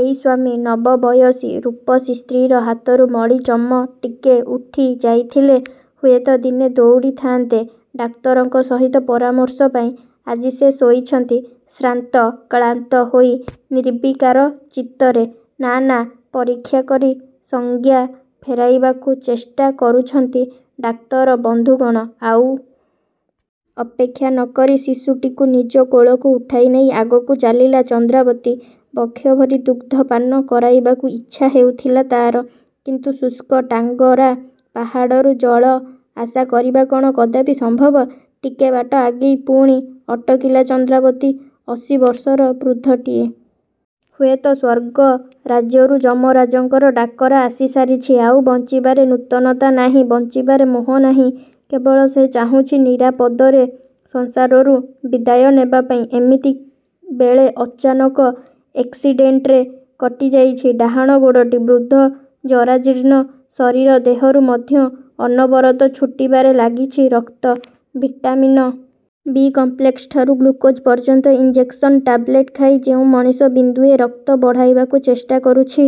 ଏଇ ସ୍ୱାମୀ ନବବୟସୀ ରୂପସୀ ସ୍ତ୍ରୀର ହାତରୁ ମଳି ଚମଟିକେ ଉଠି ଯାଇଥିଲେ, ହୁଏତ ଦିନେ ଦୌଡ଼ିଥାନ୍ତେ ଡାକ୍ତରଙ୍କ ସହିତ ପରାମର୍ଶ ପାଇଁ। ଆଜି ସେ ଶୋଇଛନ୍ତି ଶ୍ରାନ୍ତ, କ୍ଳାନ୍ତ ହୋଇ ନିର୍ବିକାର ଚିତ୍ତରେ। ନା ନା, ପରୀକ୍ଷା କରି ସଂଜ୍ଞା ଫେରାଇବାକୁ ଚେଷ୍ଟା କରୁଛନ୍ତି ଡାକ୍ତର ବନ୍ଧୁଗଣ। ଆଉ ଅପେକ୍ଷା ନ କରି ଶିଶୁଟିକୁ ନିଜ କୋଳକୁ ଉଠାଇ ନେଇ ଆଗକୁ ଚାଲିଲା ଚନ୍ଦ୍ରାବତୀ। ବକ୍ଷଭରି ଦୁଗ୍ଧପାନ କରାଇବାକୁ ଇଚ୍ଛା ହେଉଥିଲା ତା'ର। କିନ୍ତୁ ଶୁଷ୍କ ଟାଙ୍ଗରା ପାହାଡ଼ରୁ ଜଳ ଆଶା କରିବା କ'ଣ କଦାପି ସମ୍ଭବ? ଟିକେ ବାଟ ଆଗେଇ ପୁଣି ଅଟକିଲା ଚନ୍ଦ୍ରାବତୀ। ଅଶୀ ବର୍ଷର ବୃଦ୍ଧଟିଏ। ହୁଏତ ସ୍ୱର୍ଗ ରାଜ୍ୟରୁ ଯମରାଜଙ୍କର ଡାକରା ଆସି ସାରିଛି। ଆଉ ବଞ୍ଚିବାରେ ନୂତନତା ନାହିଁ ବଞ୍ଚିବାରେ ମୋହ ନାହିଁ। କେବଳ ସେ ଚାହୁଁଛି ନିରାପଦରେ ସଂସାରରୁ ବିଦାୟ ନେବା ପାଇଁ। ଏମିତି ବେଳେ ଅଚାନକ ଏକ୍ସିଡେଣ୍ଟରେ କଟିଯାଇଛି ଡାହାଣ ଗୋଡ଼ଟି। ବୃଦ୍ଧ, ଜରାଜୀର୍ଣ୍ଣ ଶରୀର ଦେହରୁ ମଧ୍ୟ ଅନବରତ ଛୁଟିବାରେ ଲାଗିଛି ରକ୍ତ। ଭିଟାମିନ ବି କମ୍ପ୍ଲେକ୍ସଠାରୁ ଗ୍ଲୁକୋଜ ପର୍ଯ୍ୟନ୍ତ ଇଞ୍ଜେକ୍ସନ, ଟାବ୍ଲେଟ ଖାଇ ଯେଉଁ ମଣିଷ ବିନ୍ଦୁଏ ରକ୍ତ ବଢ଼ାଇବାକୁ ଚେଷ୍ଟା କରୁଛି,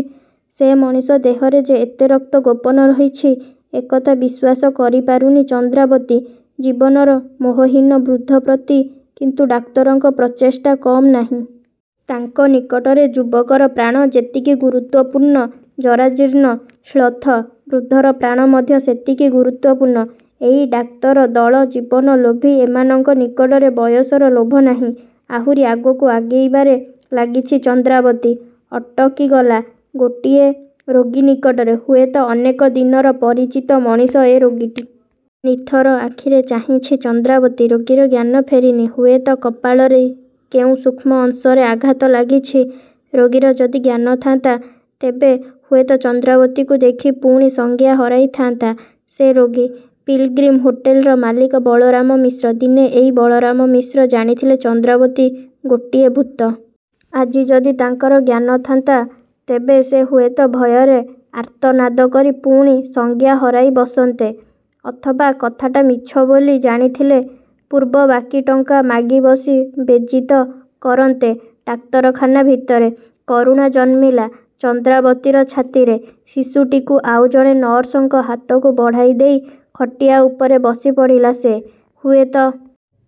ସେ ମଣିଷ ଦେହରେ ଯେ ଏତେ ରକ୍ତ ଗୋପନ ରହିଛି ଏ କଥା ବିଶ୍ୱାସ କରିପାରୁନି ଚନ୍ଦ୍ରାବତୀ। ଜୀବନର ମୋହହୀନ ବୃଦ୍ଧ ପ୍ରତି କିନ୍ତୁ ଡାକ୍ତରଙ୍କ ପ୍ରଚେଷ୍ଟା କମ୍ ନାହିଁ। ତାଙ୍କ ନିକଟରେ ଯୁବକର ପ୍ରାଣ ଯେତିକି ଗୁରୁତ୍ୱପୂର୍ଣ୍ଣ, ଜରାଜୀର୍ଣ୍ଣ, ଶ୍ଳଥ ବୃଦ୍ଧର ପ୍ରାଣ ମଧ୍ୟ ସେତିକି ଗୁରୁତ୍ୱପୂର୍ଣ୍ଣ। ଏଇ ଡାକ୍ତର ଦଳ ଜୀବନ ଲୋଭୀ ଏମାନଙ୍କ ନିକଟରେ ବୟସର ଲୋଭ ନାହିଁ। ଆହୁରି ଆଗକୁ ଆଗେଇବାରେ ଲାଗିଛି ଚନ୍ଦ୍ରାବତୀ। ଅଟକିଗଲା ଗୋଟିଏ ରୋଗୀ ନିକଟରେ। ହୁଏତ ଅନେକ ଦିନର ପରିଚିତ ମଣିଷ ଏ ରୋଗୀଟି। ନିଥର ଆଖିରେ ଚାହିଁଛି ଚନ୍ଦ୍ରାବତୀ। ରୋଗୀର ଜ୍ଞାନ ଫେରିନି। ହୁଏତ କପାଳରେ କେଉଁ ସୂକ୍ଷ୍ମ ଅଂଶରେ ଆଘାତ ଲାଗିଛି। ରୋଗୀର ଯଦି ଜ୍ଞାନ ଥାନ୍ତା, ତେବେ ହୁଏତ ଚନ୍ଦ୍ରାବତୀକୁ ଦେଖି ପୁଣି ସଂଜ୍ଞା ହରାଇଥାନ୍ତା ସେ ରୋଗୀ। ପିଲ୍ଗ୍ରୀମ ହୋଟେଲର ମାଲିକ ବଳରାମ ମିଶ୍ର। ଦିନେ ଏଇ ବଳରାମ ମିଶ୍ର ଜାଣିଥିଲେ ଚନ୍ଦ୍ରାବତୀ ଗୋଟିଏ ଭୂତ। ଆଜି ଯଦି ତାଙ୍କର ଜ୍ଞାନ ଥାନ୍ତା ତେବେ ସେ ହୁଏତ ଭୟରେ ଆର୍ତ୍ତନାଦ କରି ପୁଣି ସଂଜ୍ଞା ହରାଇ ବସନ୍ତେ ଅଥବା କଥାଟା ମିଛ ବୋଲି ଜାଣିଥିଲେ, ପୂର୍ବ ବାକି ଟଙ୍କା ମାଗି ବସି ବେଜିତ କରନ୍ତେ ଡାକ୍ତରଖାନା ଭିତରେ। କରୁଣା ଜନ୍ମିଲା ଚନ୍ଦ୍ରାବତୀର ଛାତିରେ। ଶିଶୁଟିକୁ ଆଉ ଜଣେ ନର୍ସଙ୍କ ହାତକୁ ବଢ଼ାଇ ଦେଇ ଖଟିଆ ଉପରେ ବସି ପଡ଼ିଲା ସେ। ହୁଏତ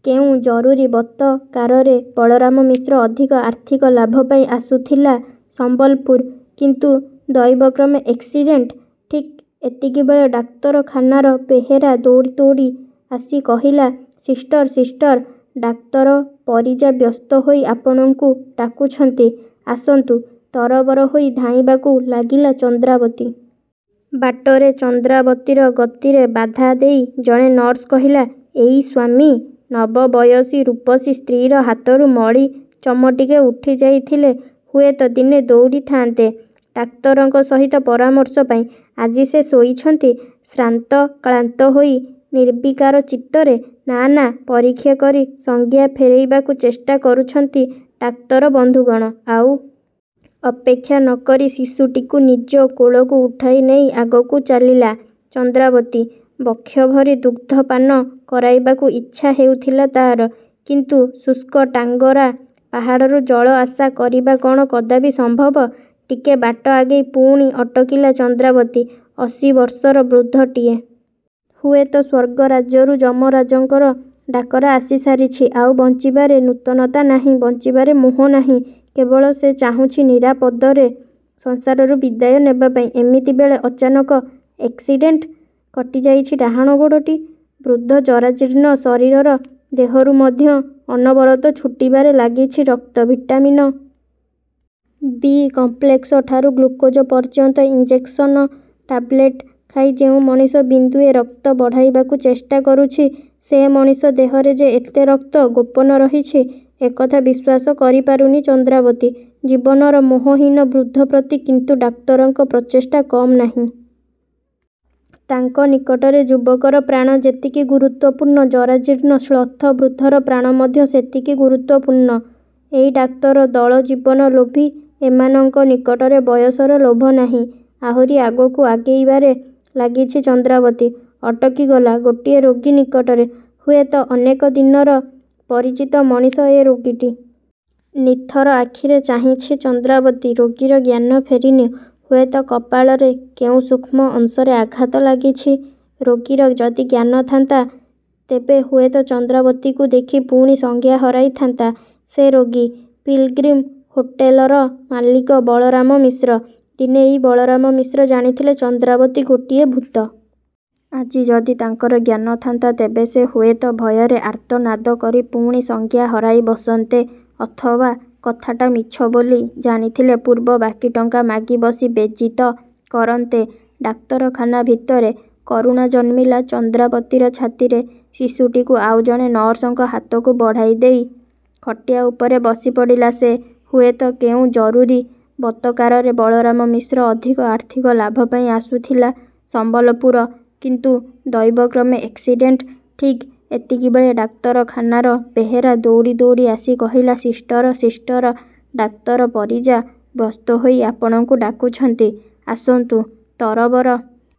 କେଉଁ ଜରୁରୀ ବତକାରରେ ବଳରାମ ମିଶ୍ର ଅଧିକ ଆର୍ଥିକ ଲାଭ ପାଇଁ ଆସୁଥିଲା ସମ୍ବଲପୁର। କିନ୍ତୁ ଦୈବକ୍ରମେ ଏକ୍ସିଡେଣ୍ଟ। ଠିକ୍ ଏତିକିବେଳେ ଡାକ୍ତରଖାନାର ବେହେରା ଦୌଡ଼ି ଦୌଡ଼ି ଆସି କହିଲା“ସିଷ୍ଟର, ସିଷ୍ଟର! ଡାକ୍ତର ପରିଜା ବ୍ୟସ୍ତ ହୋଇ ଆପଣଙ୍କୁ ଡାକୁଛନ୍ତି। ଆସନ୍ତୁ।”ତରବର ହୋଇ ଧାଇଁବାକୁ ଲାଗିଲା ଚନ୍ଦ୍ରାବତୀ। ବାଟରେ ଚନ୍ଦ୍ରାବତୀର ଗତିରେ ବାଧା ଦେଇ ଜଣେ ନର୍ସ କହିଲା“ଏଇ ସ୍ୱାମୀ ନବବୟସୀ ରୂପସୀ ସ୍ତ୍ରୀର ହାତରୁ ମଳି ଚମଟିକେ ଉଠି ଯାଇଥିଲେ, ହୁଏତ ଦିନେ ଦୌଡ଼ିଥାନ୍ତେ ଡାକ୍ତରଙ୍କ ସହିତ ପରାମର୍ଶ ପାଇଁ। ଆଜି ସେ ଶୋଇଛନ୍ତି ଶ୍ରାନ୍ତ, କ୍ଳାନ୍ତ ହୋଇ ନିର୍ବିକାର ଚିତ୍ତରେ। ନା ନା, ପରୀକ୍ଷା କରି ସଂଜ୍ଞା ଫେରାଇବାକୁ ଚେଷ୍ଟା କରୁଛନ୍ତି ଡାକ୍ତର ବନ୍ଧୁଗଣ। ଆଉ ଅପେକ୍ଷା ନ କରି ଶିଶୁଟିକୁ ନିଜ କୋଳକୁ ଉଠାଇ ନେଇ ଆଗକୁ ଚାଲିଲା ଚନ୍ଦ୍ରାବତୀ। ବକ୍ଷଭରି ଦୁଗ୍ଧପାନ କରାଇବାକୁ ଇଚ୍ଛା ହେଉଥିଲା ତା'ର। କିନ୍ତୁ ଶୁଷ୍କ ଟାଙ୍ଗରା ପାହାଡ଼ରୁ ଜଳ ଆଶା କରିବା କ'ଣ କଦାପି ସମ୍ଭବ? ଟିକେ ବାଟ ଆଗେଇ ପୁଣି ଅଟକିଲା ଚନ୍ଦ୍ରାବତୀ। ଅଶୀ ବର୍ଷର ବୃଦ୍ଧଟିଏ। ହୁଏତ ସ୍ୱର୍ଗ ରାଜ୍ୟରୁ ଯମରାଜଙ୍କର ଡାକରା ଆସି ସାରିଛି। ଆଉ ବଞ୍ଚିବାରେ ନୂତନତା ନାହିଁ ବଞ୍ଚିବାରେ ମୋହ ନାହିଁ। କେବଳ ସେ ଚାହୁଁଛି ନିରାପଦରେ ସଂସାରରୁ ବିଦାୟ ନେବା ପାଇଁ। ଏମିତି ବେଳେ ଅଚାନକ ଏକ୍ସିଡେଣ୍ଟରେ କଟିଯାଇଛି ଡାହାଣ ଗୋଡ଼ଟି। ବୃଦ୍ଧ, ଜରାଜୀର୍ଣ୍ଣ ଶରୀର ଦେହରୁ ମଧ୍ୟ ଅନବରତ ଛୁଟିବାରେ ଲାଗିଛି ରକ୍ତ। ଭିଟାମିନ ବି କମ୍ପ୍ଲେକ୍ସଠାରୁ ଗ୍ଲୁକୋଜ ପର୍ଯ୍ୟନ୍ତ ଇଞ୍ଜେକ୍ସନ, ଟାବ୍ଲେଟ ଖାଇ ଯେଉଁ ମଣିଷ ବିନ୍ଦୁଏ ରକ୍ତ ବଢ଼ାଇବାକୁ ଚେଷ୍ଟା କରୁଛି, ସେ ମଣିଷ ଦେହରେ ଯେ ଏତେ ରକ୍ତ ଗୋପନ ରହିଛି ଏ କଥା ବିଶ୍ୱାସ କରିପାରୁନି ଚନ୍ଦ୍ରାବତୀ। ଜୀବନର ମୋହହୀନ ବୃଦ୍ଧ ପ୍ରତି କିନ୍ତୁ ଡାକ୍ତରଙ୍କ ପ୍ରଚେଷ୍ଟା କମ୍ ନାହିଁ। ତାଙ୍କ ନିକଟରେ ଯୁବକର ପ୍ରାଣ ଯେତିକି ଗୁରୁତ୍ୱପୂର୍ଣ୍ଣ, ଜରାଜୀର୍ଣ୍ଣ, ଶ୍ଳଥ ବୃଦ୍ଧର ପ୍ରାଣ ମଧ୍ୟ ସେତିକି ଗୁରୁତ୍ୱପୂର୍ଣ୍ଣ। ଏଇ ଡାକ୍ତର ଦଳ ଜୀବନ ଲୋଭୀ ଏମାନଙ୍କ ନିକଟରେ ବୟସର ଲୋଭ ନାହିଁ। ଆହୁରି ଆଗକୁ ଆଗେଇବାରେ ଲାଗିଛି ଚନ୍ଦ୍ରାବତୀ। ଅଟକିଗଲା ଗୋଟିଏ ରୋଗୀ ନିକଟରେ। ହୁଏତ ଅନେକ ଦିନର ପରିଚିତ ମଣିଷ ଏ ରୋଗୀଟି। ନିଥର ଆଖିରେ ଚାହିଁଛି ଚନ୍ଦ୍ରାବତୀ। ରୋଗୀର ଜ୍ଞାନ ଫେରିନି। ହୁଏତ କପାଳରେ କେଉଁ ସୂକ୍ଷ୍ମ ଅଂଶରେ ଆଘାତ ଲାଗିଛି। ରୋଗୀର ଯଦି ଜ୍ଞାନ ଥାନ୍ତା, ତେବେ ହୁଏତ ଚନ୍ଦ୍ରାବତୀକୁ ଦେଖି ପୁଣି ସଂଜ୍ଞା ହରାଇଥାନ୍ତା ସେ ରୋଗୀ। ପିଲ୍ଗ୍ରୀମ ହୋଟେଲର ମାଲିକ ବଳରାମ ମିଶ୍ର। ଦିନେ ଏଇ ବଳରାମ ମିଶ୍ର ଜାଣିଥିଲେ ଚନ୍ଦ୍ରାବତୀ ଗୋଟିଏ ଭୂତ। ଆଜି ଯଦି ତାଙ୍କର ଜ୍ଞାନ ଥାନ୍ତା ତେବେ ସେ ହୁଏତ ଭୟରେ ଆର୍ତ୍ତନାଦ କରି ପୁଣି ସଂଜ୍ଞା ହରାଇ ବସନ୍ତେ ଅଥବା କଥାଟା ମିଛ ବୋଲି ଜାଣିଥିଲେ, ପୂର୍ବ ବାକି ଟଙ୍କା ମାଗି ବସି ବେଜିତ କରନ୍ତେ ଡାକ୍ତରଖାନା ଭିତରେ। କରୁଣା ଜନ୍ମିଲା ଚନ୍ଦ୍ରାବତୀର ଛାତିରେ। ଶିଶୁଟିକୁ ଆଉ ଜଣେ ନର୍ସଙ୍କ ହାତକୁ ବଢ଼ାଇ ଦେଇ ଖଟିଆ ଉପରେ ବସି ପଡ଼ିଲା ସେ। ହୁଏତ କେଉଁ ଜରୁରୀ ବତକାରରେ ବଳରାମ ମିଶ୍ର ଅଧିକ ଆର୍ଥିକ ଲାଭ ପାଇଁ ଆସୁଥିଲା ସମ୍ବଲପୁର। କିନ୍ତୁ ଦୈବକ୍ରମେ ଏକ୍ସିଡେଣ୍ଟ। ଠିକ୍ ଏତିକିବେଳେ ଡାକ୍ତରଖାନାର ବେହେରା ଦୌଡ଼ି ଦୌଡ଼ି ଆସି କହିଲା“ସିଷ୍ଟର, ସିଷ୍ଟର! ଡାକ୍ତର ପରିଜା ବ୍ୟସ୍ତ ହୋଇ ଆପଣଙ୍କୁ ଡାକୁଛନ୍ତି। ଆସନ୍ତୁ।”ତରବର